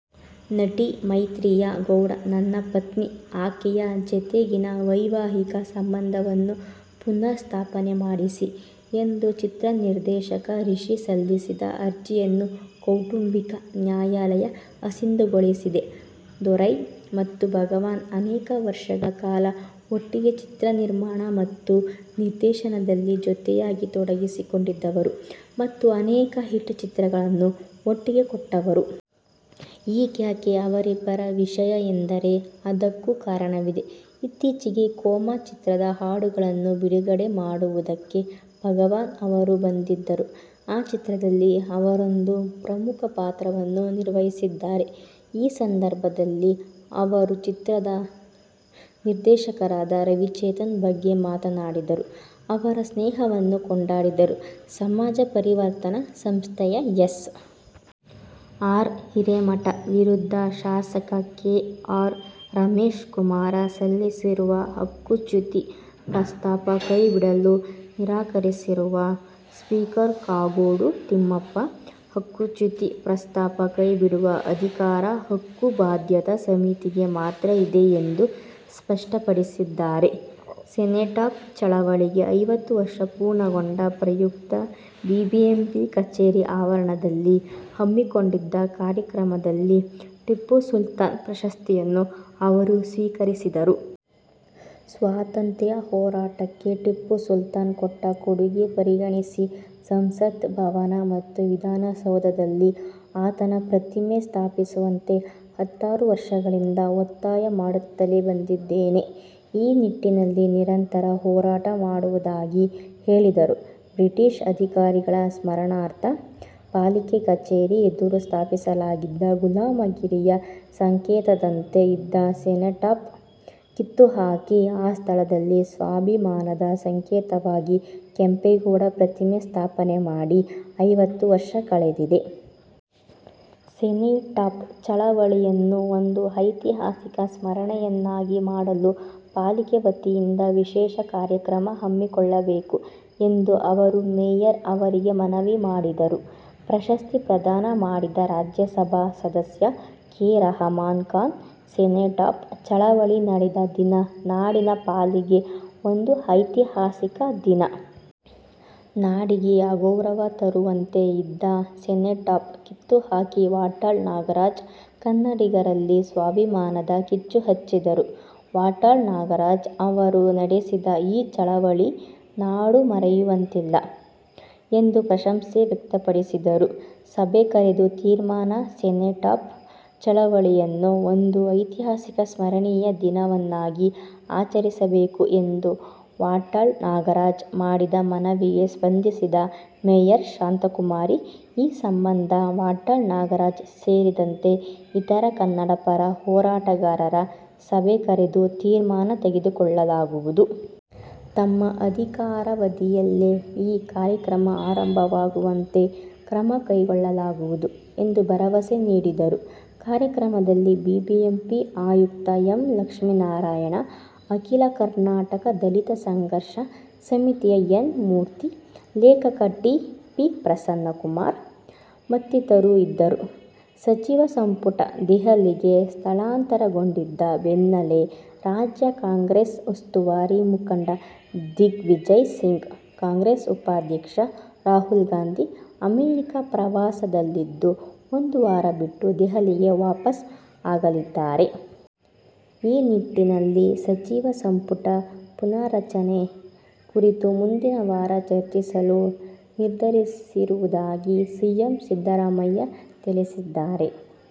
ನಟಿ ಮೈತ್ರಿಯಾ ಗೌಡ ನನ್ನ ಪತ್ನಿ. ಆಕೆಯ ಜತೆಗಿನ ವೈವಾಹಿಕ ಸಂಬಂಧವನ್ನು ಪುನರ್ ಸ್ಥಾಪನೆ ಮಾಡಿಸಿ' ಎಂದು ಚಿತ್ರ ನಿರ್ದೇಶಕ ರಿಷಿ ಸಲ್ಲಿಸಿದ ಅರ್ಜಿಯನ್ನು ಕೌಟುಂಬಿಕ ನ್ಯಾಯಾಲಯ ಅಸಿಂಧುಗೊಳಿಸಿದೆ. ದೊರೈ ಮತ್ತು ಭಗವಾನ್ ಅನೇಕ ವರ್ಷಗಳ ಕಾಲ ಒಟ್ಟಿಗೆ ಚಿತ್ರ ನಿರ್ಮಾಣ ಮತ್ತು ನಿರ್ದೇಶನದಲ್ಲಿ ಜೊತೆಯಾಗಿ ತೊಡಗಿಸಿಕೊಂಡಿದ್ದವರು ಮತ್ತು ಅನೇಕ ಹಿಟ್ ಚಿತ್ರಗಳನ್ನು ಒಟ್ಟಿಗೆ ಕೊಟ್ಟವರು. ಈಗ್ಯಾಕೆ ಅವರಿಬ್ಬರ ವಿಷಯ ಎಂದರೆ ಅದಕ್ಕೂ ಕಾರಣವಿದೆ. ಇತ್ತೀಚೆಗೆ ಕೋಮ' ಚಿತ್ರದ ಹಾಡುಗಳನ್ನು ಬಿಡುಗಡೆ ಮಾಡುವುದಕ್ಕೆ ಭಗವಾನ್ ಅವರು ಬಂದಿದ್ದರು. ಆ ಚಿತ್ರದಲ್ಲಿ ಅವರೊಂದು ಪ್ರಮುಖ ಪಾತ್ರವನ್ನೂ ನಿರ್ವಹಿಸಿದ್ದಾರೆ. ಈ ಸಂದರ್ಭದಲ್ಲಿ ಅವರು ಚಿತ್ರದ ನಿರ್ದೇಶಕರಾದ ರವಿ-ಚೇತನ್ ಬಗ್ಗೆ ಮಾತಾಡಿದರು. ಅವರ ಸ್ನೇಹವನ್ನು ಕೊಂಡಾಡಿದರು. ಸಮಾಜ ಪರಿವರ್ತನಾ ಸಂಸ್ಥೆಯ ಎಸ್. ಆರ್. ಹಿರೇಮಠ ವಿರುದ್ಧ ಶಾಸಕ ಕೆ. ಆರ್. ರಮೇಶ್ ಕುಮಾರ ಸಲ್ಲಿಸಿರುವ ಹಕ್ಕುಚ್ಯುತಿ ಪ್ರಸ್ತಾಪ ಕೈಬಿಡಲು ನಿರಾಕರಿಸಿರುವ ಸ್ಪೀಕರ್ ಕಾಗೋಡು ತಿಮ್ಮಪ್ಪ, ಹಕ್ಕುಚ್ಯುತಿ ಪ್ರಸ್ತಾಪ ಕೈಬಿಡುವ ಅಧಿಕಾರ ಹಕ್ಕು ಬಾಧ್ಯತಾ ಸಮಿತಿಗೆ ಮಾತ್ರ ಇದೆ ಎಂದು ಸ್ಪಷ್ಟಪಡಿಸಿದ್ದಾರೆ. ಸೆನೆಟಾಫ್ ಚಳವಳಿಗೆ ಐವತ್ತು ವರ್ಷ ಪೂರ್ಣಗೊಂಡ ಪ್ರಯುಕ್ತ ಬಿಬಿಎಂಪಿ ಕಚೇರಿ ಆವರಣದಲ್ಲಿ ಹಮ್ಮಿಕೊಂಡಿದ್ದ ಕಾರ್ಯಕ್ರಮದಲ್ಲಿ ಟಿಪ್ಪು ಸುಲ್ತಾನ್ ಪ್ರಶಸ್ತಿಯನ್ನು ಅವರು ಸ್ವೀಕರಿಸಿದರು. ಸ್ವಾತಂತ್ರ್ಯ ಹೋರಾಟಕ್ಕೆ ಟಿಪ್ಪು ಸುಲ್ತಾನ್ ಕೊಟ್ಟ ಕೊಡುಗೆ ಪರಿಗಣಿಸಿ ಸಂಸತ್ ಭವನ ಮತ್ತು ವಿಧಾನಸೌಧದಲ್ಲಿ ಆತನ ಪ್ರತಿಮೆ ಸ್ಥಾಪಿಸುವಂತೆ ಹತ್ತಾರು ವರ್ಷಗಳಿಂದ ಒತ್ತಾಯ ಮಾಡುತ್ತಲೇ ಬಂದಿದ್ದೇನೆ. ಈ ನಿಟ್ಟಿನಲ್ಲಿ ನಿರಂತರ ಹೋರಾಟ ಮಾಡುವುದಾಗಿ ಹೇಳಿದರು. ಬ್ರಿಟಿಷ್ ಅಧಿಕಾರಿಗಳ ಸ್ಮರಣಾರ್ಥ ಪಾಲಿಕೆ ಕಚೇರಿ ಎದುರು ಸ್ಥಾಪಿಸಲಾಗಿದ್ದ ಗುಲಾಮಗಿರಿಯ ಸಂಕೇತದಂತೆ ಇದ್ದ ಸೆನೆಟಾಫ್ ಕಿತ್ತು ಹಾಕಿ, ಆ ಸ್ಥಳದಲ್ಲಿ ಸ್ವಾಭಿಮಾನದ ಸಂಕೇತವಾಗಿ ಕೇಂಪೇಗೌಡ ಪ್ರತಿಮೆ ಸ್ಥಾಪನೆ ಮಾಡಿ ಐವತ್ತು ವರ್ಷ ಕಳೆದಿದೆ. ಸೆನೆಟಾಫ್ ಚಳವಳಿಯನ್ನು ಒಂದು ಐತಿಹಾಸಿಕ ಸ್ಮರಣೆಯನ್ನಾಗಿ ಮಾಡಲು ಪಾಲಿಕೆ ವತಿಯಿಂದ ವಿಶೇಷ ಕಾರ್ಯಕ್ರಮ ಹಮ್ಮಿಕೊಳ್ಳಬೇಕು ಎಂದು ಅವರು ಮೇಯರ್ ಅವರಿಗೆ ಮನವಿ ಮಾಡಿದರು. ಪ್ರಶಸ್ತಿ ಪ್ರದಾನ ಮಾಡಿದ ರಾಜ್ಯಸಭಾ ಸದಸ್ಯ ಕೆ. ರಹಮಾನ್ ಖಾನ್, ಸೆನೆಟಾಫ್ ಚಳವಳಿ ನಡೆದ ದಿನ ನಾಡಿನ ಪಾಲಿಗೆ ಒಂದು ಐತಿಹಾಸಿಕ ದಿನ. ನಾಡಿಗೆ ಅಗೌರವ ತರುವಂತೆ ಇದ್ದ ಸೆನೆಟಾಫ್ ಕಿತ್ತು ಹಾಕಿ ವಾಟಾಳ್ ನಾಗರಾಜ್ ಕನ್ನಡಿಗರಲ್ಲಿ ಸ್ವಾಭಿಮಾನದ ಕಿಚ್ಚು ಹಚ್ಚಿದರು. ವಾಟಾಳ್ ನಾಗರಾಜ್ ಅವರು ನಡೆಸಿದ ಈ ಚಳವಳಿ ನಾಡು ಮರೆಯುವಂತಿಲ್ಲ ಎಂದು ಪ್ರಶಂಸೆ ವ್ಯಕ್ತಪಡಿಸಿದರು. ಸಭೆ ಕರೆದು ತೀರ್ಮಾನ: ಸೆನೆಟಾಫ್ ಚಳವಳಿಯನ್ನು ಒಂದು ಐತಿಹಾಸಿಕ ಸ್ಮರಣೀಯ ದಿನವನ್ನಾಗಿ ಆಚರಿಸಬೇಕು ಎಂದು ವಾಟಾಳ್ ನಾಗರಾಜ್ ಮಾಡಿದ ಮನವಿಗೆ ಸ್ಪಂದಿಸಿದ ಮೇಯರ್ ಶಾಂತಾಕುಮಾರಿ, ಈ ಸಂಬಂಧ ವಾಟಾಳ್ ನಾಗರಾಜ್ ಸೇರಿದಂತೆ ಇತರ ಕನ್ನಡಪರ ಹೋರಾಟಗಾರರ ಸಭೆ ಕರೆದು ತೀರ್ಮಾನ ತೆಗೆದುಕೊಳ್ಳಲಾಗುವುದು. ತಮ್ಮ ಅಧಿಕಾರವಧಿಯಲ್ಲೇ ಈ ಕಾರ್ಯಕ್ರಮ ಆರಂಭವಾಗುವಂತೆ ಕ್ರಮ ಕೈಗೊಳ್ಳಲಾಗುವುದು ಎಂದು ಭರವಸೆ ನೀಡಿದರು. ಕಾರ್ಯಕ್ರಮದಲ್ಲಿ ಬಿಬಿಎಂಪಿ ಆಯುಕ್ತ ಎಂ. ಲಕ್ಷ್ಮೀನಾರಾಯಣ, ಅಖೀಲ ಕರ್ನಾಟಕ ದಲಿತ ಸಂಘರ್ಷ ಸಮಿತಿಯ ಎನ್. ಮೂರ್ತಿ, ಲೇಖಕ ಟಿ. ಪಿ. ಪ್ರಸನ್ನಕುಮಾರ್ ಮತ್ತಿತರರು ಇದ್ದರು. ಸಚಿವ ಸಂಪುಟ ದೆಹಲಿಗೆ ಸ್ಥಳಾಂತರಗೊಂಡಿದ್ದ ಬೆನ್ನಲ್ಲೇ ರಾಜ್ಯ ಕಾಂಗ್ರೆಸ್ ಉಸ್ತುವಾರಿ ಮುಖಂಡ ದಿಗ್ವಿಜಯ್ ಸಿಂಗ್, ಕಾಂಗ್ರೆಸ್ ಉಪಾಧ್ಯಕ್ಷ ರಾಹುಲ್ ಗಾಂಧಿ ಅಮೆರಿಕ ಪ್ರವಾಸದಲ್ಲಿದ್ದು ಒಂದು ವಾರ ಬಿಟ್ಟು ದೆಹಲಿಗೆ ವಾಪಸ್ ಆಗಲಿದ್ದಾರೆ. ಆ ನಿಟ್ಟಿನಲ್ಲಿ ಸಚಿವ ಸಂಪುಟ ಪುನಾರಚನೆ ಕುರಿತು ಮುಂದಿನ ವಾರ ಚರ್ಚಿಸಲು ನಿರ್ಧರಿಸಿರುವುದಾಗಿ ಸಿಎಂ ಸಿದ್ದರಾಮಯ್ಯ ತಿಳಿಸಿದ್ದಾರೆ.